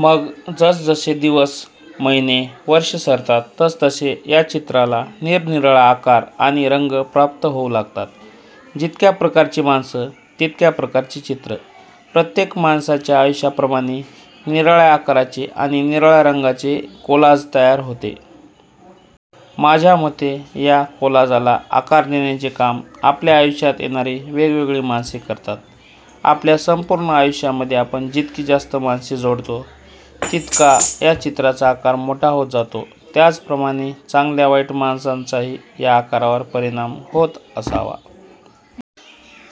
मग जसजसे दिवस, महिने, वर्षे सरतात तसतसे या चित्राला निरनिराळा आकार आणि रंग प्राप्त होऊ लागतात. जितक्या प्रकारची माणसं, तितक्या प्रकारची चित्रं. प्रत्येक माणसाच्या आयुष्याप्रमाणे निराळ्या आकाराचे आणि निराळ्या रंगांचे कोलाज तयार होते. माझ्यामते या कोलाजाला आकार देण्याचे काम आपल्या आयुष्यात येणारी वेगवेगळी माणसे करतात. आपल्या संपूर्ण आयुष्यामध्ये आपण जितकी जास्त माणसे जोडतो तितका या चित्राचा आकार मोठा होत जातो. त्याचप्रमाणे चांगल्या-वाईट माणसांचाही या आकारावर परिणाम होत असावा.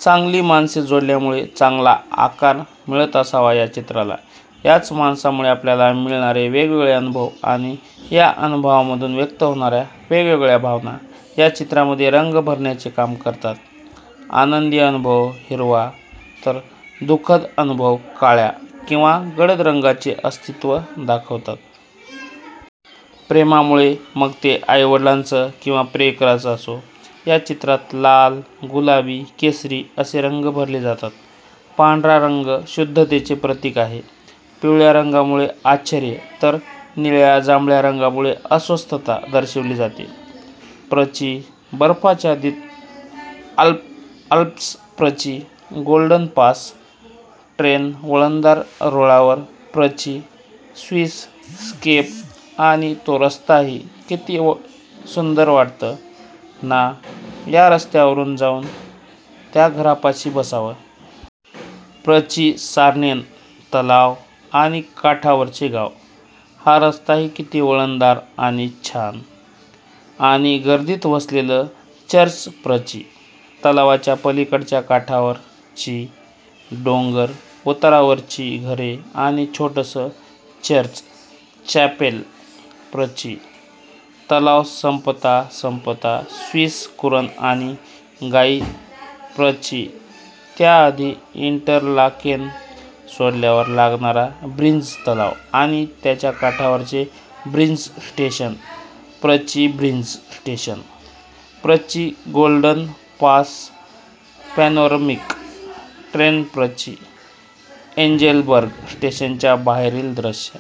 चांगली माणसे जोडल्यामुळे चांगला आकार मिळत असावा या चित्राला. याच माणसांमुळे आपल्याला मिळणारे वेगवेगळे अनुभव आणि या अनुभवांमधून व्यक्त होणाऱ्या वेगवेगळ्या भावना या चित्रामध्ये रंग भरण्याचे काम करतात. आनंदी अनुभव हिरवा तर दुखद अनुभव काळ्या किंवा गडद रंगांचे अस्तित्व दाखवतात. प्रेमामुळे, मग ते आई-वडिलांचं किंवा प्रियकराच असो, या चित्रात लाल, गुलाबी, केशरी असे रंग भरले जातात. पांढरा रंग शुद्धतेचे प्रतिक आहे. पिवळया रंगामुळे आश्चर्य तर निळया-जांभळ्या रंगांमुळे अस्वस्थता दर्शविली जाते. प्रचि: बर्फाच्छादित आल्प्सप्रचि: गोल्डन पास ट्रेन वळणदार रुळांवरप्रचि: स्विस स्केपआणि तो रस्ताही किती सुंदरवाटतं ना या रस्त्यावरून जाऊन त्या घरापाशी बसावं? प्रचि: सार्नेन तलाव आणि काठावरचे गाव. हा रस्ताही किती वळणदार आणि छानआणि गर्दीत वसलेलं चर्चप्रचि: तलावाच्या पलीकडच्या काठावरची डोंगर उतारावरची घरे आणि छोटंसं चर्चचॅपेलप्रचि: तलाव संपता संपतास्विस कुरण आणि गायीप्रचि: त्याआधी इंटरलाकेन सोडल्यावर लागणारा ब्रिन्झ तलाव आणि त्याच्या काठावरचे ब्रिन्झ स्टेशन - प्रचि: ब्रिन्झ स्टेशन - प्रचि: गोल्डन पास पॅनोरमिक ट्रेनप्रचि: एंजेल बर्ग स्टेशनच्या बाहेरील दृश्य..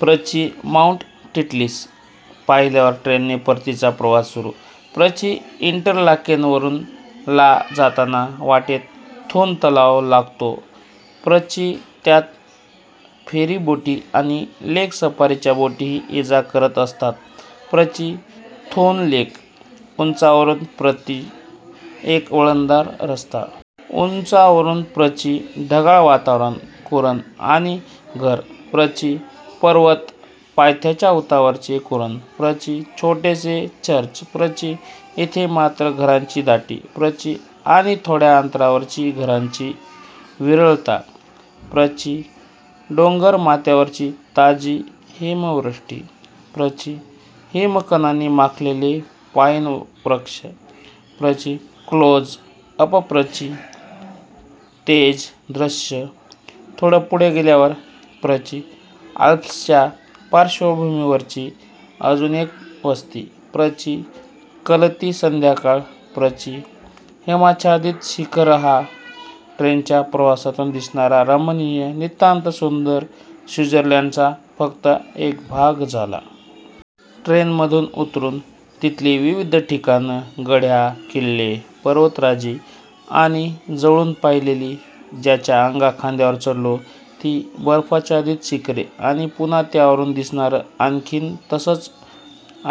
प्रचि: माउंट टिटलिस पाहिल्यावर ट्रेनने परतीचा प्रवास सुरु.. प्रचि: इंटरलाकेन वरून -- ला जाताना, वाटेत थुन तलाव लागतोप्रचि: त्यात फेरीबोटी आणि लेक सफारीच्या बोटीही ये-जा करत असतातप्रचि: थुन लेक: उंचावरूनप्रचि: एक वळणदार रस्ता, उंचावरूनप्रचि: ढगाळ वातावरण, कुरणआणि घरप्रचि: पर्वत पायथ्याच्या उतारावरचे कुरणप्रचि: छोटेसे चर्चप्रचि: इथे मात्र घरांची दाटीप्रचि: आणि थोड्या अंतरावरची घरांची विरळताप्रचि: डोंगरमाथ्यावरची ताजी हिमवृष्टीप्रचि: हिमकणांनी माखलेले पाईन वृक्षप्रचि: क्लोज अपप्रचि: तेच दृश्य थोडं पुढे गेल्यावरप्रचि: आल्प्सच्या पार्श्वभूमीवरची अजून एक वस्तीप्रचि: कलती संध्याकाळप्रचि: हिमाच्छादित शिखरहा ट्रेनच्या प्रवासातून दिसणारा रमणीय, नितांत सुंदर स्विझर्लंडचा फक्त एक भाग झाला. ट्रेनमधून उतरून तिथली विविध ठिकाणं, गढ्या, किल्ले, पर्वतराजी आणि जवळून पाहिलेली, ज्यांच्या अंगाखांद्यांवर चढलो ती बर्फाच्छादित शिखरे आणि पुन्हा त्यावरून दिसणारं आणखीन तसंच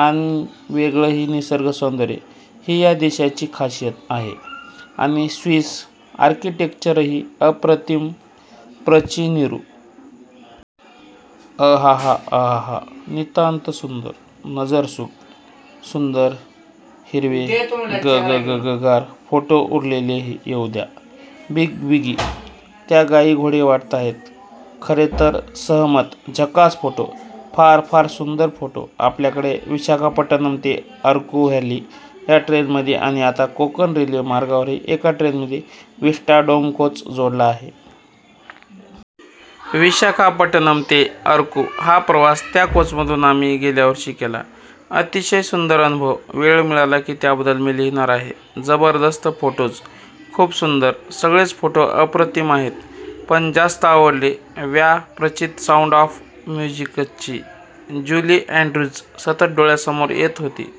आणि वेगळंही निसर्ग सौंदर्य; हि या देशाची खासियत आहेआणि स्विस आर्किटेक्चरहीअप्रतिम प्रचि निरु. अहाहाअहाहा, नितांतसुंदर. नजरसुख. सुंदर हिरवेगगगगगार फोटोउरलेलेही येऊ द्या बिगिबिगी. त्या गायी घोडे वाटताहेत खरेतरसहमत। झकास फोटो! फार फार सुंदर फोटो! आपल्याकडे विशाखापट्टणम ते अरकु व्हॅली या ट्रेनमध्ये आणि आता कोकण रेल्वे मार्गावरही एका ट्रेनमध्ये विस्टा डोम कोच जोडला आहे. विशाखापट्टणम ते अरकु हा प्रवास त्या कोचमधून आम्ही गेल्या वर्षी केला. अतिशय सुंदर अनुभव! वेळ मिळाला की त्याबद्दल मी लिहिणार आहे. जबरदस्त फोटोज!!!! खुप सुंदर. सगळेच फोटो अप्रतिम आहेत. पण जास्त आवडले. व्या प्रचित साऊंड ऑफ म्युझिकची ज्युली अँड्र्यूज सतत डोळ्यांसमोर येत होती.